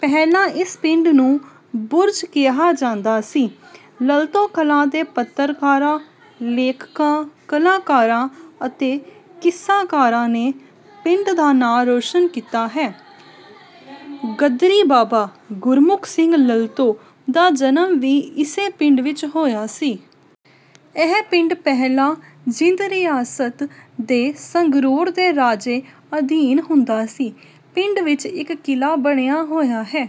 ਪਹਿਲਾਂ ਇਸ ਪਿੰਡ ਨੂੰ ਬੁਰਜ ਕਿਹਾ ਜਾਂਦਾ ਸੀ। ਲਲਤੋਂ ਕਲਾਂ ਦੇ ਪੱਤਰਕਾਰਾਂ, ਲੇਖਕਾਂ, ਕਲਾਕਾਰਾਂ ਅਤੇ ਕਿੱਸਾਕਾਰਾਂ ਨੇ ਪਿੰਡ ਦਾ ਨਾਂ ਰੌਸ਼ਨ ਕੀਤਾ ਹੈ। ਗ਼ਦਰੀ ਬਾਬਾ ਗੁਰਮੁਖ ਸਿੰਘ ਲਲਤੋਂ ਦਾ ਜਨਮ ਵੀ ਇਸੇ ਪਿੰਡ ਵਿੱਚ ਹੋਇਆ ਸੀ। ਇਹ ਪਿੰਡ ਪਹਿਲਾਂ ਜੀਂਦ ਰਿਆਸਤ ਦੇ ਸੰਗਰੂਰ ਦੇ ਰਾਜੇ ਅਧੀਨ ਹੁੰਦਾ ਸੀ। ਪਿੰਡ ਵਿੱਚ ਇੱਕ ਕਿਲ੍ਹਾ ਬਣਿਆ ਹੋਇਆ ਹੈ।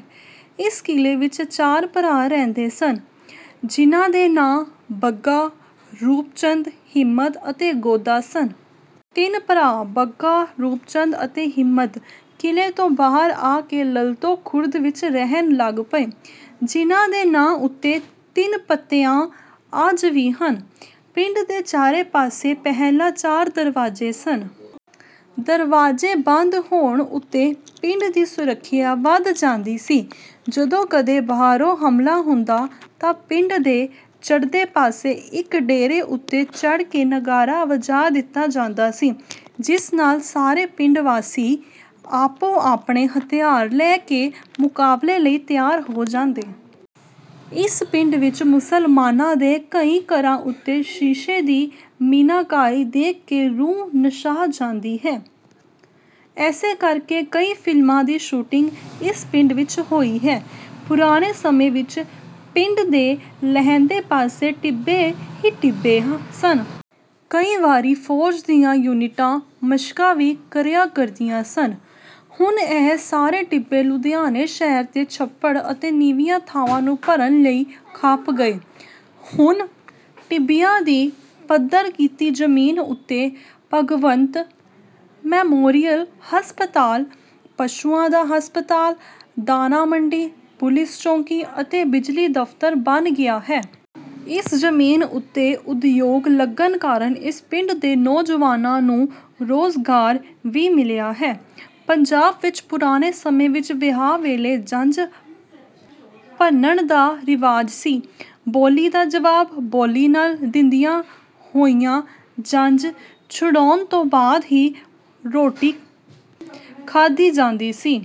ਇਸ ਕਿਲ੍ਹੇ ਵਿੱਚ ਚਾਰ ਭਰਾ ਰਹਿੰਦੇ ਸਨ ਜਿਨ੍ਹਾਂ ਦੇ ਨਾਂ ਬੱਗਾ, ਰੂਪ ਚੰਦ, ਹਿੰਮਤ ਅਤੇ ਗੋਦਾਂ ਸਨ। ਤਿੰਨ ਭਰਾ ਬੱਗਾ, ਰੂਪ ਚੰਦ ਅਤੇ ਹਿੰਮਤ ਕਿਲ੍ਹੇ ਤੋਂ ਬਾਹਰ ਆ ਕੇ ਲਲਤੋਂ ਖੁਰਦ ਵਿੱਚ ਰਹਿਣ ਲੱਗ ਪਏ। ਜਿਨ੍ਹਾਂ ਦੇ ਨਾਂ ਉੱਤੇ ਤਿੰਨ ਪੱਤੀਆਂ ਅੱਜ ਵੀ ਹਨ। ਪਿੰਡ ਦੇ ਚਾਰੇ ਪਾਸੇ ਪਹਿਲਾਂ ਚਾਰ ਦਰਵਾਜ਼ੇ ਸਨ। ਦਰਵਾਜ਼ੇ ਬੰਦ ਹੋਣ ਉੱਤੇ ਪਿੰਡ ਦੀ ਸੁਰੱਖਿਆ ਵੱਧ ਜਾਂਦੀ ਸੀ। ਜਦੋਂ ਕਦੇ ਬਾਹਰੋਂ ਹਮਲਾ ਹੁੰਦਾ, ਤਾਂ ਪਿੰਡ ਦੇ ਚੜ੍ਹਦੇ ਪਾਸੇ ਇੱਕ ਡੇਰੇ ਉੱਤੇ ਚੜ੍ਹ ਕੇ ਨਗਾਰਾ ਵਜਾ ਦਿੱਤਾ ਜਾਂਦਾ ਸੀ। ਜਿਸ ਨਾਲ ਸਾਰੇ ਪਿੰਡ ਵਾਸੀ ਆਪੋ-ਆਪਣੇ ਹਥਿਆਰ ਲੈ ਕੇ ਮੁਕਾਬਲੇ ਲਈ ਤਿਆਰ ਹੋ ਜਾਂਦੇ। ਇਸ ਪਿੰਡ ਵਿੱਚ ਮੁਸਲਮਾਨਾਂ ਦੇ ਕਈ ਘਰਾਂ ਉੱਤੇ ਸ਼ੀਸ਼ੇ ਦੀ ਮੀਨਾਕਾਰੀ ਦੇਖ ਕੇ ਰੂਹ ਨਸ਼ਾ ਜਾਂਦੀ ਹੈ। ਇਸੇ ਕਰਕੇ ਕਈ ਫ਼ਿਲਮਾਂ ਦੀ ਸ਼ੂਟਿੰਗ ਇਸ ਪਿੰਡ ਵਿੱਚ ਹੋਈ ਹੈ। ਪੁਰਾਣੇ ਸਮੇਂ ਵਿੱਚ ਪਿੰਡ ਦੇ ਲਹਿੰਦੇ ਪਾਸੇ ਟਿੱਬੇ ਹੀ ਟਿੱਬੇ ਸਨ। ਕਈ ਵਾਰੀ ਫ਼ੌਜ ਦੀਆਂ ਯੂਨਿਟਾਂ ਮਸ਼ਕਾਂ ਵੀ ਕਰਿਆ ਕਰਦੀਆਂ ਸਨ। ਹੁਣ ਇਹ ਸਾਰੇ ਟਿੱਬੇ ਲੁਧਿਆਣੇ ਸ਼ਹਿਰ ਦੇ ਛੱਪੜ ਅਤੇ ਨੀਵੀਆਂ ਥਾਵਾਂ ਨੂੰ ਭਰਨ ਲਈ ਖਪ ਗਏ। ਹੁਣ ਟਿੱਬਿਆਂ ਦੀ ਪੱਧਰ ਕੀਤੀ ਜ਼ਮੀਨ ਉੱਤੇ ਭਗਵੰਤ ਮੈਮੋਰੀਅਲ ਹਸਪਤਾਲ, ਪਸ਼ੂਆਂ ਦਾ ਹਸਪਤਾਲ, ਦਾਣਾ ਮੰਡੀ, ਪੁਲੀਸ ਚੌਕੀ ਅਤੇ ਬਿਜਲੀ ਦਫ਼ਤਰ ਬਣ ਗਿਆ ਹੈ। ਇਸ ਜ਼ਮੀਨ ਉੱਤੇ ਉਦਯੋਗ ਲੱਗਣ ਕਾਰਨ ਇਸ ਪਿੰਡ ਦੇ ਨੌਜਵਾਨਾਂ ਨੂੰ ਰੁਜ਼ਗਾਰ ਵੀ ਮਿਲਿਆ ਹੈ। ਪੰਜਾਬ ਵਿੱਚ ਪੁਰਾਣੇ ਸਮੇਂ ਵਿੱਚ ਵਿਆਹ ਵੇਲੇ ਜੰਝ ਬੰਨ੍ਹਣ ਦਾ ਰਿਵਾਜ ਸੀ। ਬੋਲੀ ਦਾ ਜਵਾਬ ਬੋਲੀ ਨਾਲ ਦਿੰਦਿਆਂ ਹੋਇਆਂ ਜੰਝ ਛੁਡਾਉਣ ਤੋਂ ਬਾਅਦ ਹੀ ਰੋਟੀ ਖਾਧੀ ਜਾਂਦੀ ਸੀ।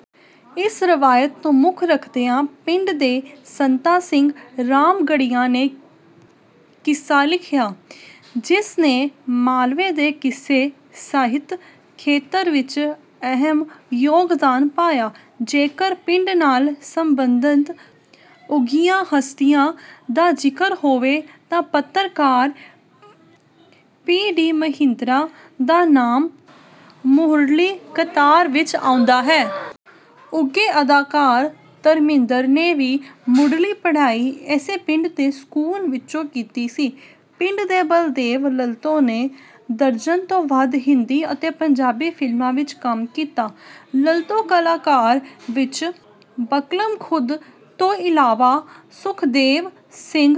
ਇਸ ਰਵਾਇਤ ਨੂੰ ਮੁੱਖ ਰੱਖਦਿਆਂ ਪਿੰਡ ਦੇ ਸੰਤਾ ਸਿੰਘ ਰਾਮਗੜ੍ਹੀਆ ਨੇ ਕਿੱਸਾ ਲਿਖਿਆ, ਜਿਸ ਨੇ ਮਾਲਵੇ ਦੇ ਕਿੱਸਾ ਸਾਹਿਤ ਖੇਤਰ ਵਿੱਚ ਅਹਿਮ ਯੋਗਦਾਨ ਪਾਇਆ। ਜੇਕਰ ਪਿੰਡ ਨਾਲ ਸਬੰਧਤ ਉੱਘੀਆਂ ਹਸਤੀਆਂ ਦਾ ਜ਼ਿਕਰ ਹੋਵੇ, ਤਾਂ ਪੱਤਰਕਾਰ ਪੀ ਡੀ ਮਹਿੰਦਰਾ ਦਾ ਨਾਮ ਮੂਹਰਲੀ ਕਤਾਰ ਵਿੱਚ ਆਉਂਦਾ ਹੈ। ਉੱਘੇ ਅਦਾਕਾਰ ਧਰਮਿੰਦਰ ਨੇ ਵੀ ਮੁਢਲੀ ਪੜ੍ਹਾਈ ਇਸੇ ਪਿੰਡ ਦੇ ਸਕੂਲ ਵਿੱਚੋਂ ਕੀਤੀ ਸੀ। ਪਿੰਡ ਦੇ ਬਲਦੇਵ ਲਲਤੋਂ ਨੇ ਦਰਜਨ ਤੋਂ ਵੱਧ ਹਿੰਦੀ ਅਤੇ ਪੰਜਾਬੀ ਫ਼ਿਲਮਾਂ ਵਿੱਚ ਕੰਮ ਕੀਤਾ ਹੈ। ਲਲਤੋਂ ਕਲਾਂ ਵਿੱਚ ਬਕਲਮਖੁਦ ਤੋਂ ਇਲਾਵਾ ਸੁਖਦੇਵ ਸਿੰਘ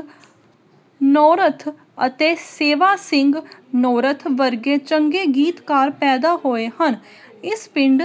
ਨੌਰਥ ਅਤੇ ਸੇਵਾ ਸਿੰਘ ਨੌਰਥ ਵਰਗੇ ਚੰਗੇ ਗੀਤਕਾਰ ਪੈਦਾ ਹੋਏ ਹਨ। ਇਸ ਪਿੰਡ